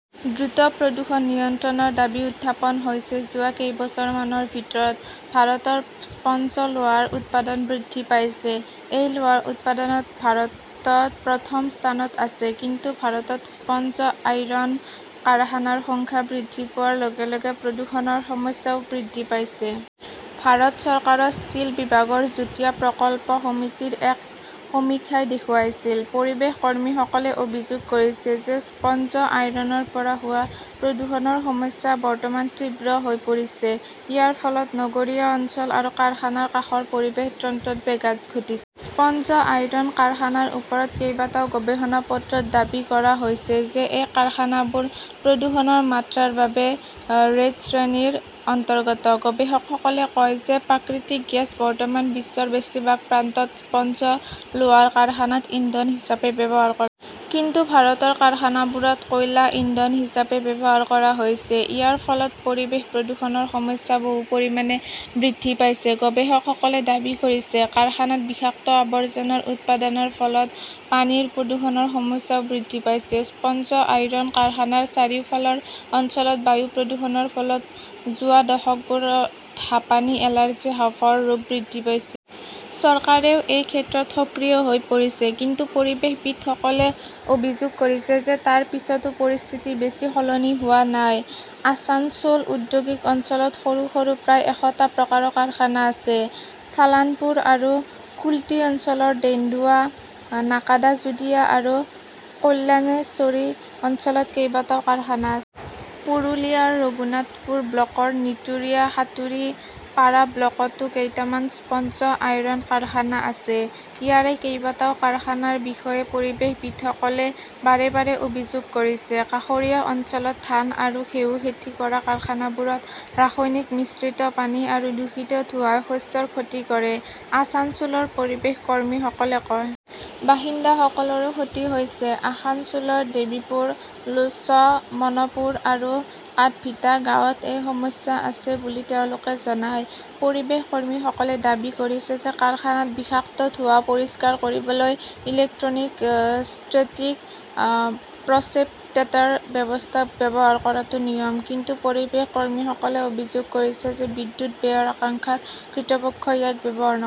দ্ৰুত প্ৰদূষণ নিয়ন্ত্ৰণৰ দাবী উত্থাপন হৈছে যোৱা কেইবছৰমানৰ ভিতৰত ভাৰতত স্পঞ্জ লোহাৰ উৎপাদন বৃদ্ধি পাইছে। এই লোহাৰ উৎপাদনত ভাৰত প্ৰথম স্থানত আছে। কিন্তু ভাৰতত স্পঞ্জ আইৰণ কাৰখানাৰ সংখ্যা বৃদ্ধি পোৱাৰ লগে-লগে প্ৰদূষণৰ সমস্যাও বৃদ্ধি পাইছে। ভাৰত চৰকাৰৰ ষ্টীল বিভাগৰ যুটীয়া প্ৰকল্প সমিতিৰ এক সমীক্ষাই দেখুৱাইছিল। পৰিৱেশ কৰ্মীসকলে অভিযোগ কৰিছে যে স্পঞ্জ আইৰণৰ পৰা হোৱা প্ৰদূষণৰ সমস্যা বৰ্তমান তীব্ৰ হৈ পৰিছে। ইয়াৰ ফলত নগৰীয়া অঞ্চল আৰু কাৰখানাৰ কাষৰ পৰিৱেশ তন্ত্ৰত ব্যাঘাত ঘটিছে। স্পঞ্জ আইৰণ কাৰখানাৰ ওপৰত কেইবাটাও গৱেষণা পত্ৰত দাবী কৰা হৈছে যে এই কাৰখানাবোৰ প্ৰদূষণৰ মাত্ৰাৰ বাবে 'ৰেড শ্ৰেণী'ৰ অন্তৰ্গত। গৱেষকসকলে কয় যে প্ৰাকৃতিক গেছ বৰ্তমান বিশ্বৰ বেছিভাগ প্ৰান্তত স্পঞ্জ লোহাৰ কাৰখানাত ইন্ধন হিচাপে ব্যৱহাৰ কৰা হয়। কিন্তু ভাৰতৰ কাৰখানাবোৰত কয়লা ইন্ধন হিচাপে ব্যৱহাৰ কৰা হৈছে। ইয়াৰ ফলত পৰিৱেশ প্ৰদূষণৰ সমস্যা বহু পৰিমাণে বৃদ্ধি পাইছে, গৱেষকসকলে দাবী কৰিছে। কাৰখানাত বিষাক্ত আৱৰ্জনাৰ উৎপাদনৰ ফলত পানীৰ প্ৰদূষণৰ সমস্যা বৃদ্ধি পাইছে। স্পঞ্জ আইৰণ কাৰখানাৰ চাৰিওফালৰ অঞ্চলত বায়ু প্ৰদূষণৰ ফলত যোৱা দশকবোৰত হাঁপানি, এলাৰ্জি, হাঁওফাঁওৰ ৰোগ বৃদ্ধি পাইছে। চৰকাৰেও এই ক্ষেত্ৰত সক্ৰিয় হৈ পৰিছে। কিন্তু পৰিৱেশবিদসকলে অভিযোগ কৰিছে যে তাৰ পিছতো পৰিস্থিতি বেছি সলনি হোৱা নাই। আছানছোল ঔদ্যোগিক অঞ্চলত সৰু সৰু প্ৰায় এশটা প্ৰকাৰৰ কাৰখানা আছে। ছালানপুৰ আৰু কুল্টি অঞ্চলৰ ডেন্দুৱা, নাকাদাজোদিয়া আৰু কল্যাণেশ্বৰী অঞ্চলত কেইবাটাও কাৰখানা আছে। পুৰুলিয়াৰ ৰঘুনাথপুৰ ব্লকৰ নীতুৰিয়া, সাঁতুৰী, পাৰা ব্লকতো কেইটামান স্পঞ্জ আইৰণ কাৰখানা আছে। ইয়াৰে কেইবাটাও কাৰখানাৰ বিষয়ে পৰিৱেশবিদসকলে বাৰে বাৰে অভিযোগ কৰিছে। কাষৰীয়া অঞ্চলত ধান আৰু ঘেঁহু খেতি কৰা কাৰখানাবোৰত ৰাসায়নিক মিশ্ৰিত পানী আৰু দূষিত ধোঁৱাই শস্যৰ ক্ষতি কৰে, আছানছোলৰ পৰিৱেশ কৰ্মীসকলে কয়। বাসিন্দাসকলৰো ক্ষতি হৈছে। আসানছোলৰ দেৱীপুৰ, লোছমনপুৰ আৰু কাদভিটা গাঁৱত এই সমস্যা আছে বুলি তেওঁলোকে জনায়। পৰিৱেশ কৰ্মীসকলে দাবী কৰিছে যে কাৰখানাত বিষাক্ত ধোঁৱা পৰিষ্কাৰ কৰিবলৈ 'ইলেক্ট্ৰনিক এ' ষ্টেটিক অ' প্ৰচেপিটেটাৰ ব্যৱস্থা ব্যৱহাৰ কৰাটো নিয়ম। কিন্তু পৰিৱেশ কৰ্মীসকলে অভিযোগ কৰিছে যে বিদ্যুৎ ব্যয়ৰ আশংকাত কৰ্তৃপক্ষই ইয়াক ব্যৱহাৰ নকৰে।